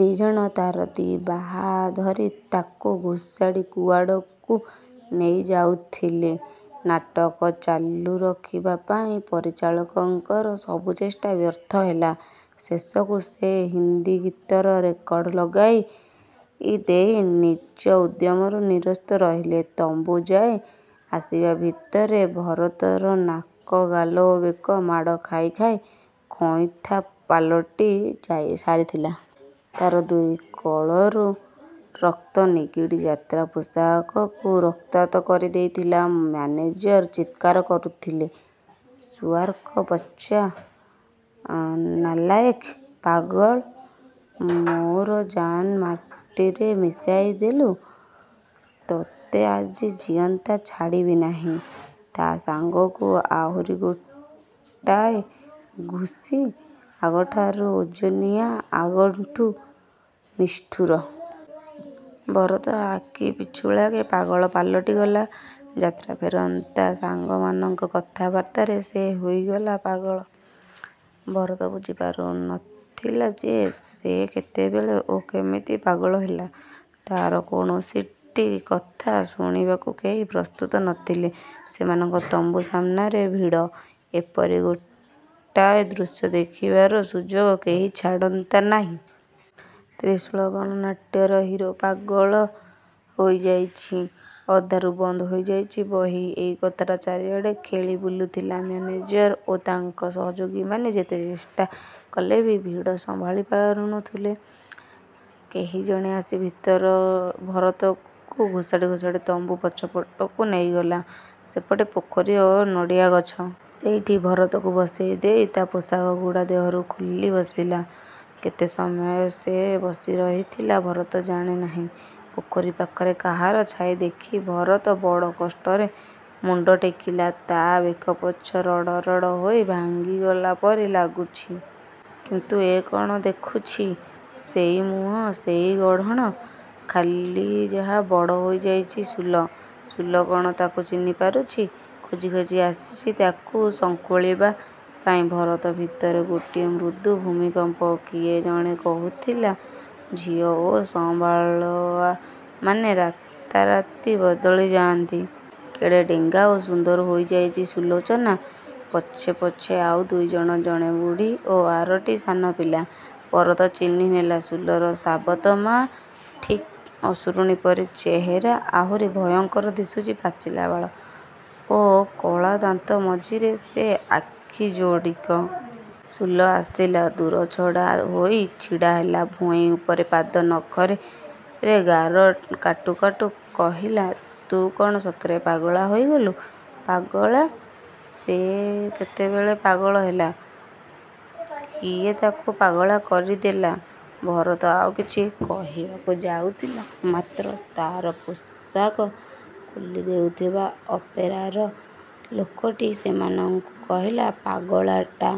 ଦି ଜଣ ତାର ଦି ବାହା ଧରି ତାକୁ ଘୋଷାଡ଼ି କୁଆଡ଼କୁ ନେଇଯାଉଥିଲେ। ନାଟକ ଚାଲୁ ରଖିବା ପାଇଁ ପରିଚାଳକଙ୍କର ସବୁ ଚେଷ୍ଟା ବ୍ୟର୍ଥ ହେଲା। ଶେଷକୁ ସେ ହିନ୍ଦୀ ଗୀତର ରେକର୍ଡ ଲଗେଇ ଦେଇ ନିଜ ଉଦ୍ୟମରୁ ନିରସ୍ତ ରହିଲେ। ତମ୍ବୁଯାଏ ଆସିବା ଭିତରେ ଭରତର ନାକ, ଗାଲ ଓ ବେକ ମାଡ଼ ଖାଇ ଖାଇ କଇଁଥା ପାଲଟି ସାରିଥିଲା। ତାର ଦୁଇ କଳରୁ ରକ୍ତ ନିଗିଡ଼ି ଯାତ୍ରା ପୋଷାକକୁ ରକ୍ତାକ୍ତ କରିଦେଇଥିଲା। ମ୍ୟାନେଜର ଚିତ୍କାର କରୁଥିଲା, "ସୁଅର୍କା ବଚ୍ଚା, ନାଲାଏକ୍। ପାଗଳ। ମୋର ଜାନ୍ ମାଟିରେ ମିଶେଇଦେଲୁ, ତୋତେ ଆଜି ଜିଅନ୍ତା ଛାଡ଼ିବି ନାହିଁ " ତା ସାଙ୍ଗକୁ ଆହୁରି ଗୋଟାଏ ଘୁଷି, ଆଗଠାରୁ ଓଜନିଆ, ଆଗଠୁଁ ନିଷ୍ଠୁର। ଭରତ ଆଖିପିଛୁଳାକେ ପାଗଳ ପାଲଟିଗଲା। ଯାତ୍ରାଫେରନ୍ତା ସାଙ୍ଗମାନଙ୍କ କଥାବାର୍ତ୍ତାରେ ସେ ହୋଇଗଲା ପାଗଳା। ଭରତ ବୁଝିପାରୁନଥିଲା ଯେ ସେ କେତେବେଳେ ଓ କେମିତି ପାଗଳ ହେଲା? ତାର କୌଣସିଟି କଥା ଶୁଣିବାକୁ କେହି ପ୍ରସ୍ତୁତ ନ ଥିଲେ। ସେମାନଙ୍କ ତମ୍ବୁ ସାମ୍ନାରେ ଭିଡ଼। ଏପରି ଗୋଟାଏ ଦୃଶ୍ୟ ଦେଖିବାର ସୁଯୋଗ କେହି ଛାଡ଼ନ୍ତା ନାହିଁ। 'ତ୍ରିଶୂଳ ଗଣନାଟ୍ୟ'ର ହିରୋ ପାଗଳା ହୋଇଯାଇଛି, ଅଧାରୁ ବନ୍ଦ ହୋଇଯାଇଛି ବହି, ଏହି କଥାଟା ଚାରିଆଡ଼େ ଖେଳିବୁଲୁଥିଲା। ମ୍ୟାନେଜର ଓ ତାଙ୍କ ସହଯୋଗୀମାନେ ଯେତେ ଚେଷ୍ଟା କଲେ ବି ଭିଡ଼ ସମ୍ଭଳା ପଡ଼ୁ ନଥିଲା। କେହିଜଣେ ଆସି ଭରତକୁ ଘୋଷାଡ଼ି ଘୋଷାଡ଼ି ତମ୍ବୁ ପଛପଟକୁ ନେଇଗଲା। ସେପଟେ ପୋଖରୀ ଓ ନଡ଼ିଆଗଛ। ସେଇଠି ଭରତକୁ ବସେଇ ଦେଇ ତା ପୋଷାକଗୁଡ଼ା ଦେହରୁ ଖୋଲି ବସିଲା। କେତେ ସମୟ ସେ ବସିରହିଥିଲା ଭରତ ଜାଣେ ନାହିଁ। ପୋଖରୀ ପାଣିରେ କାହାର ଛାଇ ଦେଖି ଭରତ ବଡ଼ କଷ୍ଟରେ ମୁଣ୍ଡ ଟେକିଲା। ତା ବେକପଛ ରଡ଼ରଡ଼ ହୋଇ ଭାଙ୍ଗିଗଲା ପରି ଲାଗୁଛି। କିନ୍ତୁ ଏ କଣ ଦେଖୁଛି! ସେଇ ମୁହଁ, ସେଇ ଗଢ଼ଣ। ଖାଲି ଯାହା ବଡ଼ ହୋଇଯାଇଛି ସୁଲ। ସୁଲ କଣ ତାକୁ ଚିହ୍ନିପାରିଛି! ଖୋଜି ଖୋଜି ଆସିଛି ତାକୁ ଶଙ୍ଖୋଳିବା ପାଇଁ! ଭରତ ଭିତରେ ଗୋଟାଏ ମୃଦୁ ଭୂମିକମ୍ପ। କିଏ ଜଣେ କହୁଥିଲା ଝିଅ ଓ ସଁବାଳୁଆମାନେ ରାତାରାତି ବଦଳି ଯାଆନ୍ତି। କେଡ଼େ ଡେଙ୍ଗା ଓ ସୁନ୍ଦରୀ ହୋଇଯାଇଛି ସୁଲୋଚନା? ପଛେ ପଛେ ଆଉ ଦୁଇଜଣ। ଜଣେ ବୁଢ଼ୀ ଓ ଆରଟି ସାନ ପିଲା। ଭରତ ଚିହ୍ନିନେଲା, ସୁଲର ସାବତ ମା। ଠିକ୍ ଅସୁରୁଣୀ ପରି ଚେହେରା, ଆହୁରି ଭୟଙ୍କର ଦିଶୁଛି ପାଚିଲା ବାଳ ଓ କଳାଦାନ୍ତ ମଝିର ସେ ଆଖିଯୋଡ଼ିକ। ସୁଲ ଆସିଲା। ଦୂରଛଡ଼ା ହୋଇ ଛିଡ଼ାହେଲା। ଭୂଇଁ ଉପରେ ପାଦ ନଖରେ ଗାର କାଟୁ କାଟୁ କହିଲା, "ତୁ କଣ ସତରେ ପାଗଳା ହୋଇଗଲୁ?" "ପା ଗ ଳା!" ସେ କେତେବେଳେ ପାଗଳ ହେଲା? କିଏ ତାକୁ ପାଗଳା କରିଦେଲା? ଭରତ ଆଉ କିଛି କହିବାକୁ ଯାଉଥିଲା, ମାତ୍ର ତାର ପୋଷାକ ଖୋଲି ଦେଉଥିବା ଅପେରାର ଲୋକଟି ସେମାନଙ୍କୁ କହିଲା, "ପାଗଳଟା,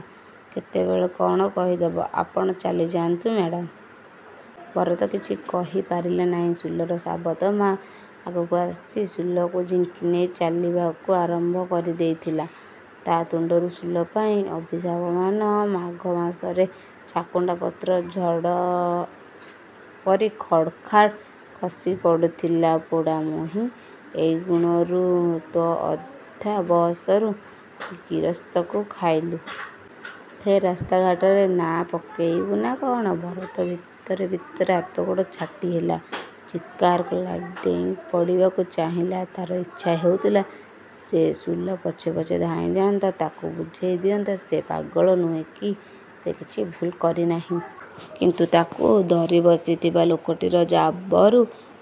କେତେବେଳେ କଣ କହିଦେବ, ଆପଣ ଚାଲିଯାଆନ୍ତୁ ମ୍ୟାଡାମ୍।" ଭରତ କିଛି କହିପାରିଲା ନାହିଁ। ସୁଲର ସାବତ ମା ଆଗକୁ ଆସି ସୁଲକୁ ଝିଙ୍କିନେଇ ଚାଲିବାକୁ ଆରମ୍ଭ କରିଦେଇଥିଲା। ତା ତୁଣ୍ଡରୁ ସୁଲ ପାଇଁ ଅଭିଶାପମାନ ମାଘମାସରେ ଚାକୁଣ୍ଡା ପତ୍ର ପରି ଖଡ୍‌ଖାଡ୍ ଖସିପଡ଼ୁଥିଲା। "ପୋଡ଼ାମୁହୀଁ, ଏଇ ଗୁଣରୁ ତ ଅଧା ବଅସରୁ ଗିରସ୍ତକୁ ଖାଇଲୁ। ଫେର୍ ରାସ୍ତାଘାଟରେ ନାଁ ପକେଇବୁ ନା କ'ଣ?" ଭରତ ଭିତରେ ଭିତରେ ହାତଗୋଡ଼ ଛାଟିହେଲା, ଚିତ୍କାର କଲା। ଡେଇଁ ପଡ଼ିବାକୁ ଚାହିଁଲା। ତାର ଇଚ୍ଛା ହେଉଥିଲା ସେ ସୁଲ ପଛେ ପଛେ ଧାଇଁ ଯାଆନ୍ତା, ତାକୁ ବୁଝେଇ ଦିଅନ୍ତା। ସେ ପାଗଳ ନୁହେଁ କି ସେ କିଛି ଭୁଲ୍ କରିନାହିଁ। କିନ୍ତୁ ତାକୁ ଧରିବସିଥିବା ଲୋକଟିର ଜାବରୁ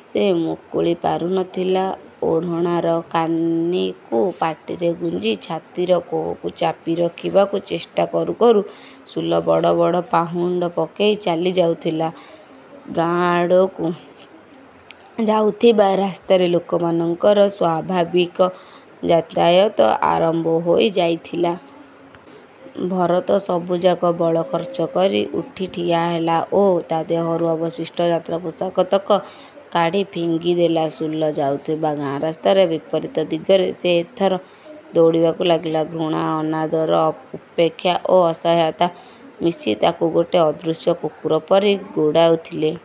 ସେ ମୁକୁଳି ପାରୁ ନଥିଲା। ଓଢ଼ଣାର କାନିକୁ ପାଟିରେ ଗୁଞ୍ଜି, ଛାତିର କୋହକୁ ଚାପି ରଖିବାକୁ ଚେଷ୍ଟା କରୁ କରୁ ସୁଲ ବଡ଼ ବଡ଼ ପାହୁଣ୍ଡ ପକେଇ ଚାଲିଯାଉଥିଲା। ଗାଁ ଆଡ଼କୁ ଯାଇଥିବା ରାସ୍ତାରେ ଲୋକମାନଙ୍କର ସ୍ୱାଭାବିକ ଯାତାୟାତ ଆରମ୍ଭ ହୋଇ ଯାଇଥିଲା। ଭରତ ସବୁଯାକ ବଳ ଖର୍ଚ୍ଚ କରି ଉଠି ଠିଆହେଲା ଓ ତା ଦେହରୁ ଅବଶିଷ୍ଟ ଯାତ୍ରାପୋଷାକତକ କାଢ଼ି ଫିଙ୍ଗିଦେଲା। ସୁଲ ଯାଇଥିବା ଗାଁ ରାସ୍ତାର ବିପରୀତ ଦିଗରେ ସେ ଏଥର ଦଉଡ଼ିବାକୁ ଲାଗିଲା। ଘୃଣା, ଅନାଦର, ଉପେକ୍ଷା ଓ ଅସହାୟତା ମିଶି ତାକୁ ଗୋଟେ ଅଦୃଶ୍ୟ କୁକୁର ପରି ଗୋଡ଼ଉଥିଲେ।